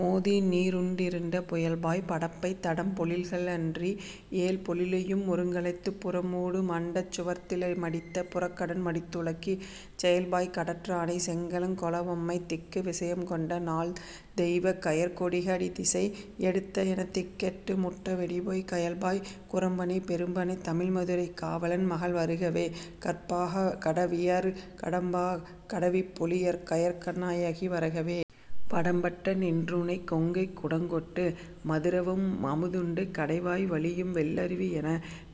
மோதிநீ ருண்டிருண்ட புயல்பாய் படப்பைத் தடம்பொழில்க ளன்றியேழ் பொழிலையு மொருங்கலைத்துப் புறமூடு மண்டச் சுவர்த்தலமிடித்தப் புறக்கடன் மடுத்துழக்கிச் செயல்பாய் கடற்றானை செங்களங் கொளவம்மை திக்குவிச யங்கொண்டநாள் தெய்வக் கயற்கொடிக டிசைதிசை யெடுத்தெனத் திக்கெட்டு முட்டவெடிபோய்க் கயல்பாய் குரம்பணை பெரும்பணைத் தமிழ்மதுரை காவலன் மகள்வருகவே கற்பகா டவியிற் கடம்பா டவிப்பொலி கயற்கணா யகிவருகவே. வடம்பட்ட நின்றுணைக் கொங்கைக் குடங்கொட்டு மதுரவமு துண்டு கடைவாய் வழியும்வெள் ளருவியென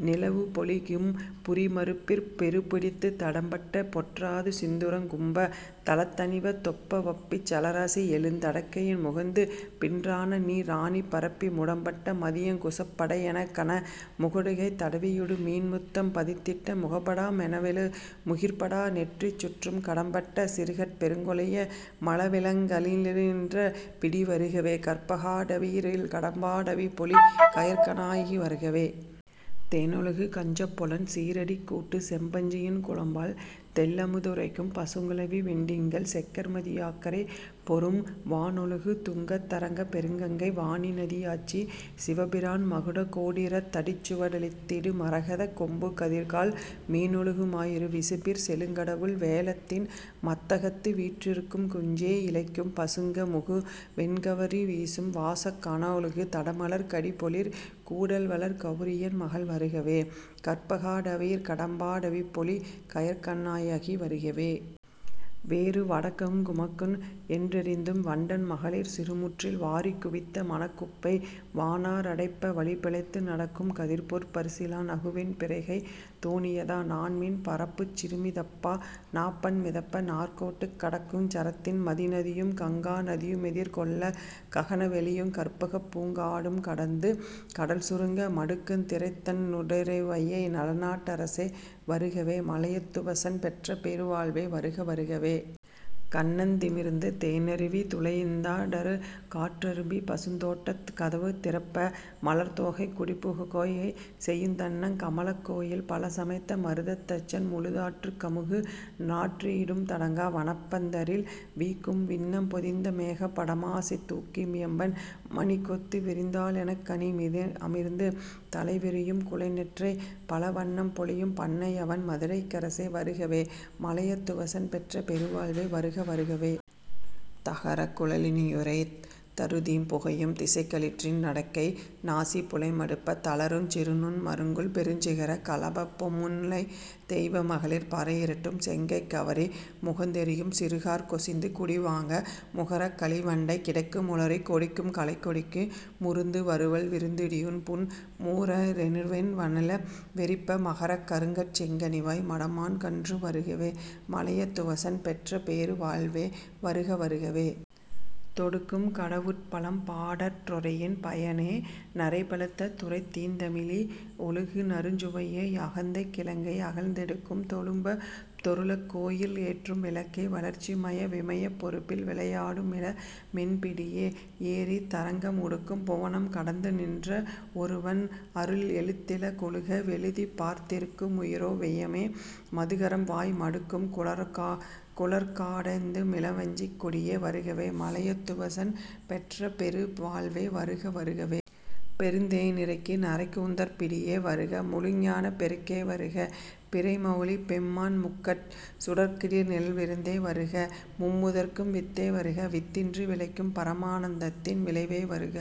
நிலவுபொழி கிம்புரி மருப்பிற் பொருபிடித்துத் தடம்பட்ட பொற்றாது சிந்துரங் கும்பத் தலத்தணிவ தொப்பவப்பிச் சலராசி யேழுந் தடக்கையின் முகந்துபின் றானநீ ரானிரப்பி முடம்பட்ட மதியங் குசப்படை யெனக்ககன முகடுகை தடவியுடுமீன் முத்தம் பதித்திட்ட முகபடா மெனவெழு முகிற்படா நெற்றிசுற்றுங் கடம்பட்ட சிறுகட் பெருங்கொலைய மழவிளங் களிறீன்ற பிடிவருகவே கற்பகா டவியிற் கடம்பா டவிப்பொலி கயற்கணா யகிவருகவே. தேனொழுகு கஞ்சப் பொலன்சீ றடிக்கூட்டு செம்பஞ்சி யின்குழம்பால் தெள்ளமு திறைக்கும் பசுங்குழவி வெண்டிங்கள் செக்கர்மதி யாக்கரைபொரும் வானொழுகு துங்கத் தரங்கப் பெருங்கங்கை வாணிநதி யாச்சிவபிரான் மகுடகோ டீரத் தடிச்சுவ டழுத்தியிடு மரகதக் கொம்புகதிர்கால் மீனொழுகு மாயிரு விசும்பிற் செலுங்கடவுள் வேழத்தின் மத்தகத்து வீற்றிருக் குஞ்சே யிழைக்கும் பசுங்கமுகு வெண்கவரி வீசும் வாசக் கானொழுகு தடமலர்க் கடிபொழிற் கூடல்வளர் கவுரியன் மகள்வருகவே கற்பகா டவியிற் கடம்பா டவிப்பொலி கயற்கணா யகிவருகவே. வேறு வடக்குங் குமக்குன் றிரண்டேந்தும் வண்டன் மகளிர் சிறுமுற்றில் வாரிக் குவித்த மணிக்குப்பை வானா றடைப்ப வழிபிழைத்து நடக்குங் கதிர்பொற் பரிசிலா நகுவெண் பிறைகைத் தோணியதா நாண்மீன் பரப்புச் சிறுமிதப்பா நாப்பண் மிதப்ப நாற்கோட்டுக் கடக்குஞ் சரத்தின் மதிநதியுங் கங்கா நதியு மெதிர்கொள்ளக் ககன வெளியுங் கற்பகப்பூங் காடுங் கடந்து கடல்சுருங்க மடுக்குந் திரைத்தண் டுறைவையை வளநாட் டரசே வருகவே மலையத் துவசன் பெற்றபெரு வாழ்வே வருக வருகவே. கண்ணந் திமிர்ந்து தேனருவி துளைந்தா டறுகாற் றும்பிபசுந் தோட்டுக் கதவந்திறப்ப மலர்த் தோகை குடிபுக் கோகைசெயுந் தண்ணங் கமலக் கோயில்பல சமைத்த மருதத் தச்சன்முழு தாற்றுக் கமுகு நாற்றியிடுந் தடங்கா வணப்பந் தரில்வீக்கும் விண்ணம் பொதிந்த மேகபடா மிசைத்தூக் கியம்பன் மணிக்கொத்து விரிந்தா லெனக்கா னிமிர்ந்துதலை விரியுங் குலைநெற் கற்றைபல வண்ணம் பொலியும் பண்ணைவயன் மதுரைக் கரசே வருகவே மலையத் துவசன் பெற்றபெரு வாழ்வே வருக வருகவே. தகரக் குழலி னறையுநறை தருதீம் புகையுந் திசைக்களிற்றின் றடக்கை நாசிப் புழைமடுப்பத் தளருஞ் சிறுநுண் மருங்குல்பெருஞ் சிகரக் களபப் பொம்மன்முலைத் தெய்வ மகளிர் புடையிரட்டுஞ் செங்கைக் கவரி முகந்தெறியுஞ் சிறுகாற் கொசிந்து குடிவாங்க முகரக் களிவண் டடைகிடக்கு முளரிக் கொடிக்குங் கலைக்கொடிக்கு முருந்து முறுவல் விருந்திடுபுன் மூர னெடுவெண் ணிலவெறிப்ப மகரக் கருங்கட் செங்கனிவாய் மடமான் கன்று வருகவே மலையத் துவசன் பெற்றபெரு வாழ்வே வருக வருகவே. தொடுக்குங் கடவுட் பழம்பாடற் றொடையின் பயனே நறைபழுத்த துறைத்தீந் தமிழி னொழுகுநறுஞ் சுவையே யகந்தைக் கிழங்கையகழ்ந் தெடுக்கும் தொழும்ப ருளக்கோயிற் கேற்றும் விளக்கே வளர்சிமய விமயப் பொருப்பில் விளையாடு மிளமென் பிடியே யெறிதரங்கம் உடுக்கும் புவனங் கடந்துநின்ற வொருவன் றிருவுள் ளத்திலழ கொழுக வெழுதிப் பார்த்திருக்கு முயிறோ வியமே மதுகரம்வாய் மடுக்குங் குழற்கா டேந்துமிள வஞ்சிக்கொடியே வருகவே மலையத் துவசன் பெற்றபெரு வாழ்வே வருக வருகவே. பெருந்தே னிறைக்கு நறைக்கூந்தற் பிடியே வருக முழுஞானப் பெருக்கே வருக பிறைமௌலிப் பெம்மான் முக்கட் சுடர்க்கிடுநல் விருந்தே வருக மும்முதற்கும் வித்தே வருக வித்தின்றி விளைக்கும் பரமா னந்தத்தின் விளைவே வருக